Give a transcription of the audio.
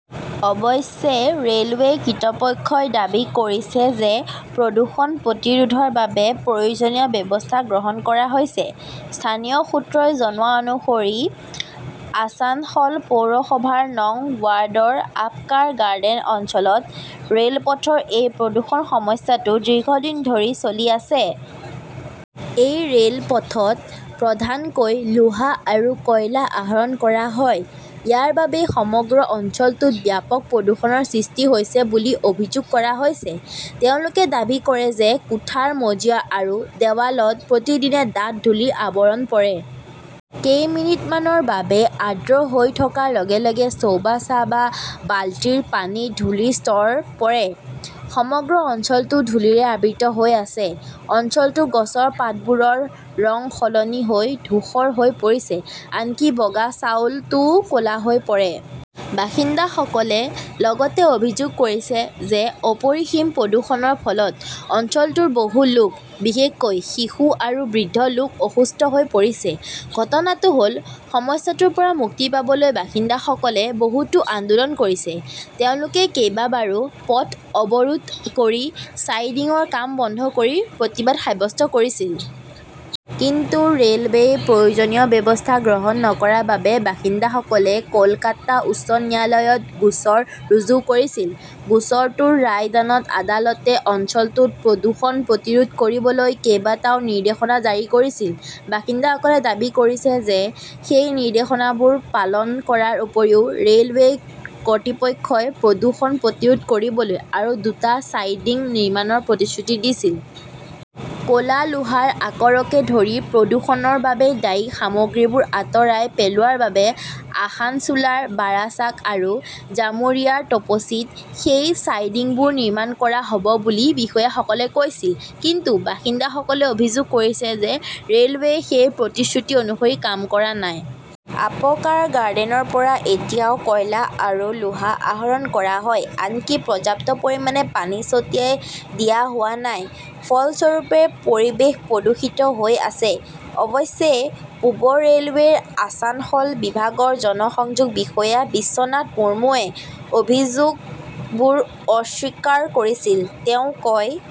অৱশ্যে, ৰেলৱে কিৰ্তৃপক্ষই দাবী কৰিছে যে প্ৰদূষণ প্ৰতিৰোধৰ বাবে প্ৰয়োজনীয় ব্যৱস্থা গ্ৰহণ কৰা হৈছে। স্থানীয় সূত্ৰই জনোৱা অনুসৰি আছানসল পৌৰসভাৰ নং ৱাৰ্ডৰ আপকাৰ গাৰ্ডেন অঞ্চলত ৰেল পথৰ এই প্ৰদূষণ-সমস্যাটো দীৰ্ঘদিন ধৰি চলি আছে। এই ৰেলপথত প্ৰধানকৈ লোহা আৰু কয়লা আহৰণ কৰা হয়। ইয়াৰ বাবেই সমগ্ৰ অঞ্চলটোত ব্যাপক প্ৰদূষণৰ সৃষ্টি হৈছে বুলি অভিযোগ কৰা হৈছে। তেওঁলোকে দাবী কৰে যে কোঠাৰ মজিয়া আৰু দেৱালত প্ৰতিদিনে ডাঠ ধূলিৰ আৱৰণ পৰে। কেইমিনিটমানৰ বাবে আৰ্দ্ৰ হৈ থকাৰ লগে লগে চৌবাচা বা বালতিৰ পানীত ধূলিৰ স্তৰ পৰে। সমগ্ৰ অঞ্চলটো ধূলিৰে আবৃত হৈ আছে। অঞ্চলটোৰ গছৰ পাতবোৰৰ ৰং সলনি হৈ ধূসৰ হৈ পৰিছে। আনকি বগা চাউলটোও ক'লা হৈ পৰে। বাসিন্দাসকলে লগতে অভিযোগ কৰিছে যে অপৰিসীম প্ৰদূষণৰ ফলত অঞ্চলটোৰ বহু লোক, বিশেষকৈ শিশু আৰু বৃদ্ধ লোক অসুস্থ হৈ পৰিছে। ঘটনাটো হ'ল, সমস্যাটোৰ পৰা মুক্তি পাবলৈ বাসিন্দাসকলে বহুতো আন্দোলন কৰিছে। তেওঁলোকে কেইবাবাৰো পথ অৱৰোধ কৰি চাইডিংৰ কাম বন্ধ কৰি প্ৰতিবাদ সাব্যস্ত কৰিছিল। কিন্তু ৰেলৱেই প্ৰয়োজনীয় ব্যৱস্থা গ্ৰহণ নকৰাৰ বাবে বাসিন্দাসকলে কলকাতা উচ্চ ন্যায়ালয়ত গোচৰ ৰুজু কৰিছিল। গোচৰটোৰ ৰায়দানত আদালতে অঞ্চলটোত প্ৰদূষণ প্ৰতিৰোধ কৰিবলৈ কেইবাটাও নিৰ্দেশনা জাৰি কৰিছিল। বাসিন্দাসকলে দাবী কৰিছে যে সেই নিৰ্দেশনাবোৰ পালন কৰাৰ উপৰিও ৰেলৱে কৰ্তৃপক্ষই প্ৰদূষণ প্ৰতিৰোধ কৰিবলৈ আৰু দুটা চাইডিং নিৰ্মাণৰ প্ৰতিশ্ৰুতি দিছিল। ক'লা, লোহাৰ আকৰককে ধৰি প্ৰদূষণৰ বাবে দায়ী সামগ্ৰীবোৰ আঁতৰাই পেলোৱাৰ বাবে আসানছোলৰ বাৰাচাক আৰু জামুৰিয়াৰ তপচীত সেই চাইডিংবোৰ নিৰ্মাণ কৰা হ ব বুলি বিষয়াসকলে কৈছিল। কিন্তু বাসিন্দাসকলে অভিযোগ কৰিছে যে ৰেলৱেই সেই প্ৰতিশ্ৰুতি অনুসৰি কাম কৰা নাই। আপকাৰ গাৰ্ডেনৰ পৰা এতিয়াও কয়লা আৰু লোহা আহৰণ কৰা হয়। আনকি পৰ্যাপ্ত পৰিমাণে পানী ছটিয়াই দিয়া হোৱা নাই। ফলস্বৰূপে, পৰিৱেশ প্ৰদূষিত হৈ আছে। অৱশ্যে, পূব ৰেলৱেৰ আছানসল বিভাগৰ জনসংযোগ বিষয়া বিশ্বনাথ মুৰ্মুৱে অভিযোগবোৰ অস্বীকাৰ কৰিছিল। তেওঁ কয়,